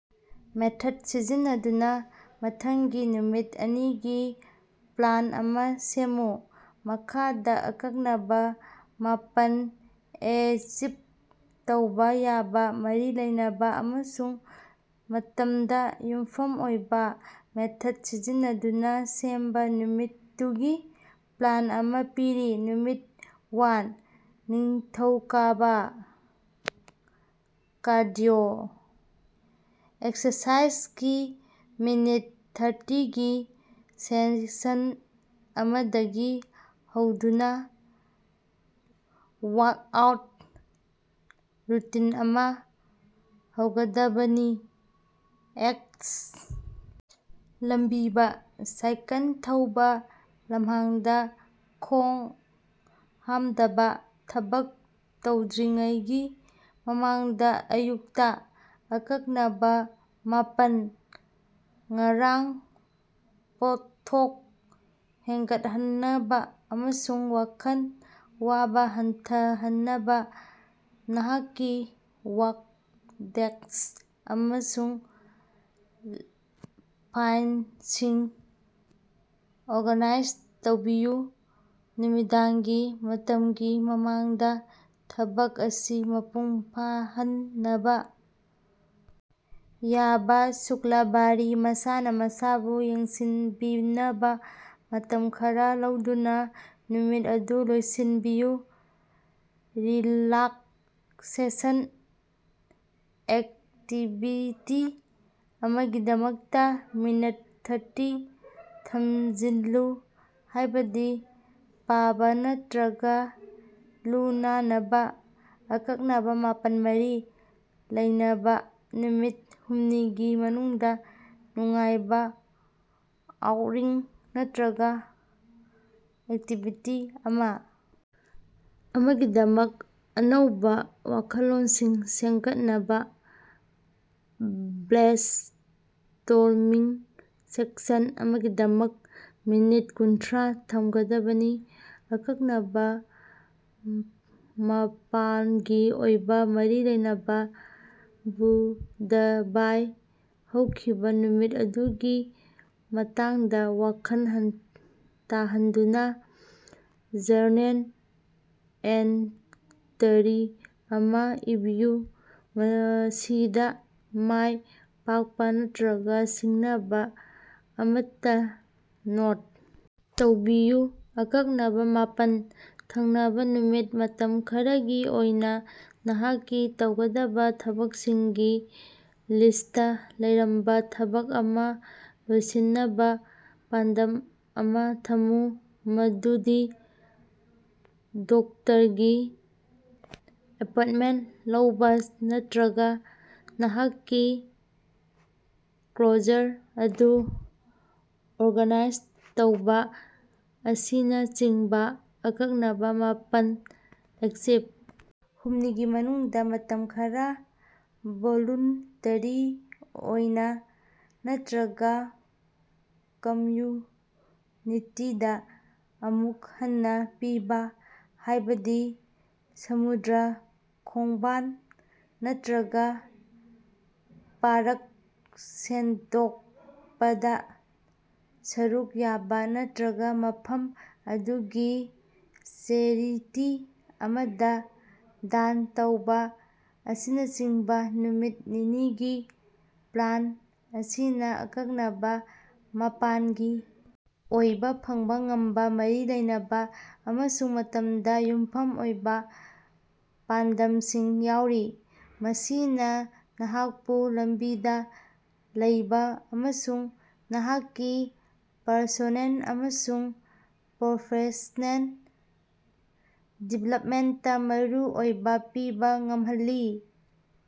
Method ꯁꯤꯖꯤꯟꯅꯗꯨꯅ ꯃꯊꯪꯒꯤ ꯅꯨꯃꯤꯠ ꯑꯅꯤꯒꯤ ꯄ꯭ꯂꯥꯟ ꯑꯃꯥ ꯁꯦꯝꯃꯨ꯫ ꯃꯈꯥꯗꯥ (ꯑꯀꯛꯅꯕꯥ, ꯃꯥꯄꯜ, ꯑꯦꯆꯤꯚ ꯇꯧꯕꯥ ꯌꯥꯕꯥ, ꯃꯔꯤ ꯂꯩꯅꯕꯥ, ꯑꯃꯁꯨꯡ ꯃꯇꯝꯗ ꯌꯨꯝꯐꯝ ꯑꯣꯏꯕꯥ) ꯃꯦꯊꯗ ꯁꯤꯖꯤꯟꯅꯗꯨꯅꯥ ꯁꯦꯝꯕꯥ ꯅꯨꯃꯤꯠ ꯇꯨꯒꯤ ꯄ꯭ꯂꯥꯟ ꯑꯃꯥ ꯄꯤꯔꯤ: ꯅꯨꯃꯤꯠ ꯋꯥꯟ: ꯅꯤꯡꯊꯧꯀꯥꯕꯥ: ꯀꯥꯔꯗꯤꯑꯣ ꯑꯦꯛꯁꯔꯁꯥꯏꯖꯒꯤ ꯃꯤꯅꯤꯠ ꯊ꯭ꯔꯇꯤꯒꯤ ꯁꯦꯁꯟ ꯑꯃꯗꯒꯤ ꯍꯧꯗꯨꯅꯥ ꯋꯥꯔꯀꯑꯥꯎꯠ ꯔꯨꯇꯤꯟ ꯑꯃꯥ ꯍꯧꯒꯗꯕꯅꯤ (ꯑꯦꯛꯁ. ꯂꯝꯕꯤꯕꯥ, ꯁꯥꯏꯀꯜ ꯊꯧꯕꯥ, ꯂꯝꯍꯥꯡꯗꯥ ꯈꯣꯉ ꯍꯥꯃꯗꯕꯥ) ꯊꯕꯛ ꯇꯧꯗ꯭ꯔꯤꯉꯩꯒꯤ ꯃꯃꯥꯡꯗꯥ ꯑꯌꯨꯛꯇꯥ꯫ (ꯑꯀꯛꯅꯕꯥ, ꯃꯥꯄꯜ) ꯉꯔꯥꯡ: ꯄꯣꯠꯊꯣꯛ ꯍꯦꯟꯒꯠꯍꯟꯅꯕꯥ ꯑꯃꯁꯨꯡ ꯋꯥꯈꯜ ꯋꯥꯕꯥ ꯍꯟꯊꯍꯟꯅꯕꯥ ꯅꯍꯥꯛꯀꯤ ꯋꯥꯔꯛ ꯗꯦꯁꯛ ꯑꯃꯁꯨꯡ ꯐꯥꯏꯂꯁꯤꯡ ꯑꯣꯔꯒꯅꯥꯏꯖ ꯇꯧꯕꯤꯌꯨ꯫ ꯅꯨꯃꯤꯗꯥꯡꯒꯤ ꯃꯇꯃꯒꯤ ꯃꯃꯥꯡꯗꯥ ꯊꯕꯛ ꯑꯁꯤ ꯃꯄꯨꯡ ꯐꯥꯍꯟꯅꯕꯥ ꯌꯥꯕꯥ) ꯁꯨꯛꯔꯕꯥꯔꯤ: ꯃꯁꯥꯅꯥ ꯃꯁꯥꯕꯨ ꯌꯦꯡꯁꯤꯟꯕꯤꯅꯕꯥ ꯃꯇꯝ ꯈꯔꯥ ꯂꯧꯗꯨꯅꯥ ꯅꯨꯃꯤꯠ ꯑꯗꯨ ꯂꯣꯏꯁꯤꯟꯕꯤꯌꯨ꯫ ꯔꯤꯂꯥꯛꯁꯦꯁꯟ ꯑꯦꯛꯇꯤꯚꯤꯇꯤ ꯑꯃꯒꯤꯗꯃꯛꯇꯥ ꯃꯤꯅꯠ ꯊ꯭ꯔꯇꯤ ꯊꯝꯖꯤꯜꯂꯨ, ꯍꯥꯏꯕꯗꯤ ꯄꯥꯕꯥ ꯅꯠꯇꯔꯒꯥ ꯂꯨ-ꯅꯥꯅꯕꯥ꯫ (ꯑꯀꯛꯅꯕꯥ, ꯃꯥꯄꯜ, ꯃꯔꯤ ꯂꯩꯅꯕꯥ) ꯅꯨꯃꯤꯠ ꯍꯨꯝꯅꯤꯒꯤ ꯃꯅꯨꯡꯗꯥ: ꯅꯨꯡꯉꯥꯏꯕꯥ ꯑꯥꯎꯠꯔꯤꯡ ꯅꯠꯇꯔꯒꯥ ꯑꯦꯛꯇꯤꯚꯤꯇꯤ ꯑꯃꯥ ꯑꯃꯒꯤꯗꯃꯛ ꯑꯅꯧꯕꯥ ꯋꯥꯈꯜꯂꯣꯟꯁꯤꯡ ꯁꯦꯝꯒꯠꯅꯕꯥ ꯕ꯭ꯔꯦꯟꯁ꯭ꯇꯣꯔꯃꯤꯡ ꯁꯦꯁꯟ ꯑꯃꯒꯤꯗꯃꯛ ꯃꯤꯅꯤꯠ ꯀꯨꯟꯊ꯭ꯔꯥ ꯊꯝꯒꯗꯕꯅꯤ꯫ (ꯑꯀꯛꯅꯕꯥ, ꯃꯥꯄꯂꯒꯤ ꯑꯣꯏꯕꯥ, ꯃꯔꯤ ꯂꯩꯅꯕꯥ) ꯕꯨꯙꯕꯥꯏ: ꯍꯧꯈꯤꯕꯥ ꯅꯨꯃꯤꯠ ꯑꯗꯨꯒꯤ ꯃꯇꯥꯡꯗꯥ ꯋꯥꯈꯜ ꯇꯥꯍꯟꯗꯨꯅꯥ ꯖꯔꯅꯦꯜ ꯑꯦꯟꯇꯔꯤ ꯑꯃꯥ ꯏꯕꯤꯌꯨ, ꯃꯁꯤꯗꯥ ꯃꯥꯏ ꯄꯥꯛꯄꯥ ꯅꯠꯔꯒꯥ ꯁꯤꯡꯅꯕꯥ ꯑꯃꯠꯇꯥ ꯅꯣꯠ ꯇꯧꯕꯤꯌꯨ꯫ (ꯑꯀꯛꯅꯕꯥ, ꯃꯥꯄꯜ) ꯊꯪꯅꯕꯥ ꯅꯨꯃꯤꯠ: ꯃꯇꯝ ꯈꯔꯒꯤ ꯑꯣꯏꯅꯥ ꯅꯍꯥꯛꯀꯤ ꯇꯧꯒꯗꯕꯥ ꯊꯕꯛꯁꯤꯡꯒꯤ ꯂꯤꯁꯇꯇꯥ ꯂꯩꯔꯝꯕꯥ ꯊꯕꯛ ꯑꯃꯥ ꯂꯣꯏꯁꯤꯟꯅꯕꯥ ꯄꯥꯟꯗꯝ ꯑꯃꯥ ꯊꯝꯃꯨ, ꯃꯗꯨꯗꯤ ꯗꯣꯛꯇꯔꯒꯤ ꯑꯦꯄꯣꯏꯟꯇꯃꯦꯟꯇ ꯂꯧꯕꯥ ꯅꯠꯇꯔꯒꯥ ꯅꯍꯥꯛꯀꯤ ꯀ꯭ꯂꯣꯖꯔ ꯑꯗꯨ ꯑꯣꯔꯒꯥꯅꯥꯏꯖ ꯇꯧꯕꯥ ꯑꯁꯤꯅꯆꯤꯡꯕꯥ꯫ (ꯑꯀꯛꯅꯕꯥ, ꯃꯥꯄꯜ, ꯑꯦꯆꯤꯚ ꯍꯨꯝꯅꯤꯒꯤ ꯃꯅꯨꯡꯗꯥ: ꯃꯇꯝ ꯈꯔꯥ ꯚꯣꯂꯨꯟꯇꯔꯤ ꯑꯣꯏꯅꯥ ꯅꯠꯇꯔꯒꯥ ꯀꯝꯌꯨꯅꯤꯇꯤꯗꯥ ꯑꯃꯨꯛ ꯍꯟꯅꯥ ꯄꯤꯕꯥ, ꯍꯥꯏꯕꯗꯤ ꯁꯃꯨꯗ꯭ꯔ ꯈꯣꯡꯕꯥꯜ ꯅꯠꯇꯔꯒꯥ ꯄꯥꯔꯛ ꯁꯦꯡꯗꯣꯛꯄꯗꯥ ꯁꯔꯨꯛ ꯌꯥꯕꯥ ꯅꯠꯇꯔꯒꯥ ꯃꯐꯝ ꯑꯗꯨꯒꯤ ꯆꯦꯔꯤꯇꯤ ꯑꯃꯗꯥ ꯗꯥꯟ ꯇꯧꯕꯥ ꯑꯁꯤꯅꯆꯤꯡꯕꯥ꯫ ꯅꯨꯃꯤꯠ ꯑꯅꯤꯒꯤ ꯄ꯭ꯂꯥꯟ ꯑꯁꯤꯅꯥ ꯑꯀꯛꯅꯕꯥ, ꯃꯥꯄꯜꯒꯤ ꯑꯣꯏꯕꯥ, ꯐꯪꯕꯥ ꯉꯝꯕꯥ, ꯃꯔꯤ ꯂꯩꯅꯕꯥ ꯑꯃꯁꯨꯡ ꯃꯇꯝꯗ ꯌꯨꯝꯐꯝ ꯑꯣꯏꯕꯥ ꯄꯥꯟꯗꯝꯁꯤꯡ ꯌꯥꯎꯔꯤ, ꯃꯁꯤꯅꯥ ꯅꯍꯥꯛꯄꯨ ꯂꯝꯕꯤꯗꯥ ꯂꯩꯕꯥ ꯑꯃꯁꯨꯡ ꯅꯍꯥꯛꯀꯤ ꯄꯔꯁꯣꯅꯦꯜ ꯑꯃꯁꯨꯡ ꯄ꯭ꯔꯣꯐꯦꯁꯅꯦꯜ ꯗꯤꯕꯦꯂꯄꯃꯦꯟꯇꯗꯥ ꯃꯔꯨ ꯑꯣꯏꯕꯥ ꯄꯤꯕꯥ ꯉꯝꯍꯜꯂꯤ꯫